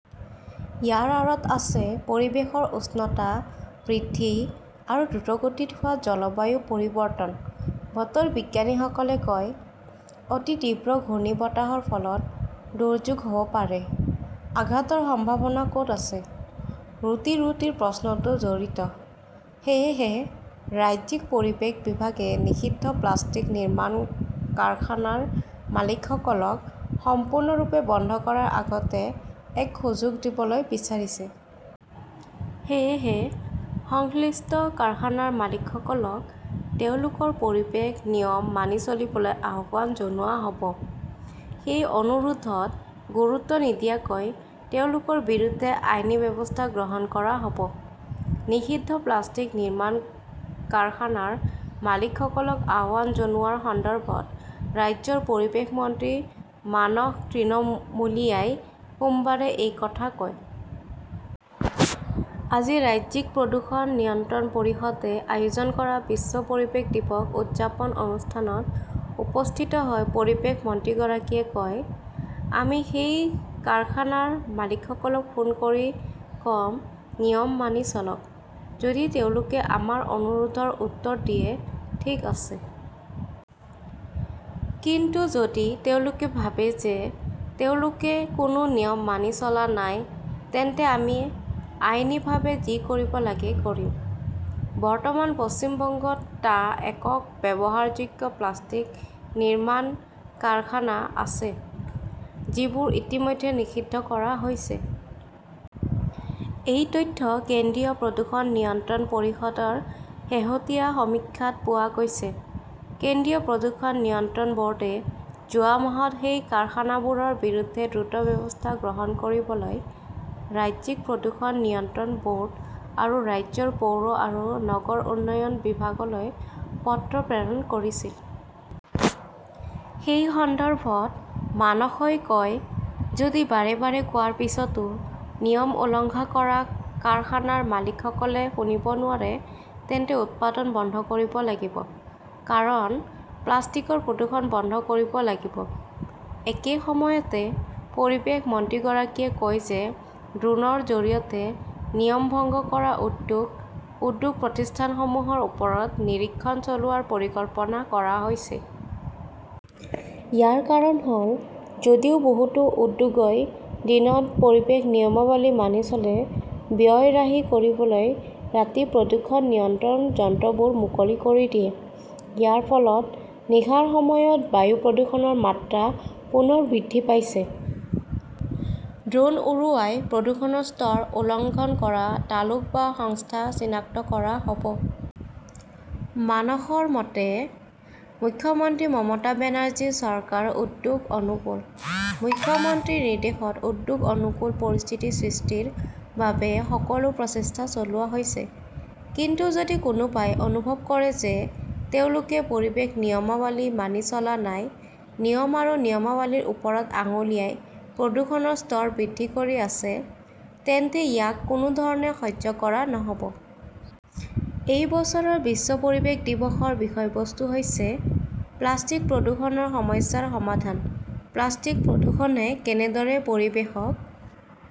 ইয়াৰ আঁৰত আছে পৰিৱেশৰ উষ্ণতা বৃদ্ধি আৰু দ্ৰুতগতিত হোৱা জলবায়ু পৰিৱৰ্তন, বতৰ বিজ্ঞানীসকলে কয়। অতি তীব্ৰ ঘূৰ্ণীবতাহৰ ফলত 'দুৰ্যোগ "হ" ব পাৰে! আঘাতৰ সম্ভাৱনা ক "ত আছে? ৰুটি-ৰুটিৰ প্ৰশ্নটো জড়িত। সেয়েহে, ৰাজ্যিক পৰিৱেশ বিভাগে নিষিদ্ধ প্লাষ্টিক নিৰ্মাণ কাৰখানাৰ মালিকসকলক সম্পূৰ্ণৰূপে বন্ধ কৰাৰ আগতে এক সুযোগ দিবলৈ বিচাৰিছে। সেয়েহে, সংশ্লিষ্ট কাৰখানাৰ মালিকসকলক তেওঁলোকৰ পৰিৱেশ নিয়ম মানি চলিবলৈ আহ্বান জনোৱা হ "ব। সেই অনুৰোধত গুৰুত্ব নিদিয়াকৈ তেওঁলোকৰ বিৰুদ্ধে আইনী ব্যৱস্থা গ্ৰহণ কৰা হ "ব। নিষিদ্ধ প্লাষ্টিক নিৰ্মাণ কাৰখানাৰ মালিকসকলক আহ্বান জনোৱাৰ সন্দৰ্ভত ৰাজ্যৰ পৰিৱেশ মন্ত্ৰী মানস তৃণমূলিয়াই সোমবাৰে এই কথা কয়। আজি ৰাজ্যিক প্ৰদূষণ নিয়ন্ত্ৰণ পৰিষদে আয়োজন কৰা বিশ্ব পৰিৱেশ দিৱস উদযাপন অনুষ্ঠানত উপস্থিত হৈ পৰিৱেশ মন্ত্ৰীগৰাকীয়ে কয়, "আমি সেই কাৰখানাৰ মালিকসকলক ফোন কৰি ক" ম, নিয়ম মানি চলক। যদি তেওঁলোকে আমাৰ অনুৰোধৰ উত্তৰ দিয়ে, ঠিক আছে। কিন্তু যদি তেওঁলোকে ভাবে যে তেওঁলোকে কোনো নিয়ম মানি চলা নাই, তেন্তে আমি আইনীভাৱে যি কৰিব লাগে কৰিম। "বৰ্তমান পশ্চিম বংগত টা একক ব্যৱহাৰযোগ্য প্লাষ্টিক নিৰ্মাণ কাৰখানা আছে, যিবোৰ ইতিমধ্যে নিষিদ্ধ কৰা হৈছে। এই তথ্য কেন্দ্ৰীয় প্ৰদূষণ নিয়ন্ত্ৰণ পৰিষদৰ শেহতীয়া সমীক্ষাত পোৱা গৈছে। কেন্দ্ৰীয় প্ৰদূষণ নিয়ন্ত্ৰণ ব "ৰ্ডে যোৱা মাহত সেই কাৰখানাবোৰৰ বিৰুদ্ধে দ্ৰুত ব্যৱস্থা গ্ৰহণ কৰিবলৈ ৰাজ্যিক প্ৰদূষণ নিয়ন্ত্ৰণ ব" ৰ্ড আৰু ৰাজ্যৰ পৌৰ আৰু নগৰ উন্নয়ন বিভাগলৈ পত্ৰ প্ৰেৰণ কৰিছিল। সেই সন্দৰ্ভত মানসই কয়, "যদি বাৰে বাৰে কোৱাৰ পিছতো নিয়ম উলংঘা কৰা কাৰখানাৰ মালিকসকলে শুনিব নোৱাৰে, তেন্তে উৎপাদন বন্ধ কৰিব লাগিব। কাৰণ, প্লাষ্টিকৰ প্ৰদূষণ বন্ধ কৰিব লাগিব। "একে সময়তে, পৰিৱেশ মন্ত্ৰীগৰাকীয়ে কয় যে ড্ৰোনৰ জৰিয়তে নিয়ম ভংগ কৰা উদ্যোগ, উদ্যোগ প্ৰতিষ্ঠানসমূহৰ ওপৰত নিৰীক্ষণ চলোৱাৰ পৰিকল্পনা কৰা হৈছে। ইয়াৰ কাৰণ হ "ল, যদিও বহুতো উদ্যোগই দিনত পৰিৱেশ নিয়মাৱলী মানি চলে, ব্যয় ৰাহি কৰিবলৈ ৰাতি প্ৰদূষণ নিয়ন্ত্ৰণ যন্ত্ৰবোৰ মুকলি কৰি দিয়ে। ইয়াৰ ফলত নিশাৰ সময়ত বায়ু প্ৰদূষণৰ মাত্ৰা পুনৰ বৃদ্ধি পাইছে। ড্ৰোন উৰুৱাই প্ৰদূষণৰ স্তৰ উলংঘন কৰা তালুক বা সংস্থা চিনাক্ত কৰা হ "ব। মানসৰ মতে, "মুখ্যমন্ত্ৰী মমতা বেনাৰ্জীৰ চৰকাৰ উদ্যোগ অনুকূল। মুখ্যমন্ত্ৰীৰ নিৰ্দেশত উদ্যোগ-অনুকূল পৰিস্থিতি সৃষ্টিৰ বাবে সকলো প্ৰচেষ্টা চলোৱা হৈছে। কিন্তু যদি কোনোবাই অনুভৱ কৰে যে তেওঁলোকে পৰিৱেশ নিয়মাৱলী মানি চলা নাই, নিয়ম আৰু নিয়মাৱলীৰ ওপৰত আঙুলিয়াই প্ৰদূষণৰ স্তৰ বৃদ্ধি কৰি আছে, তেন্তে ইয়াক কোনো ধৰণে সহ্য কৰা নহ "ব। "এই বছৰৰ বিশ্ব পৰিৱেশ দিৱসৰ বিষয়বস্তু হৈছে 'প্লাষ্টিক-প্ৰদূষণৰ সমস্যাৰ সমাধান"। প্লাষ্টিক-প্ৰদূষণে কেনেদৰে পৰিৱেশক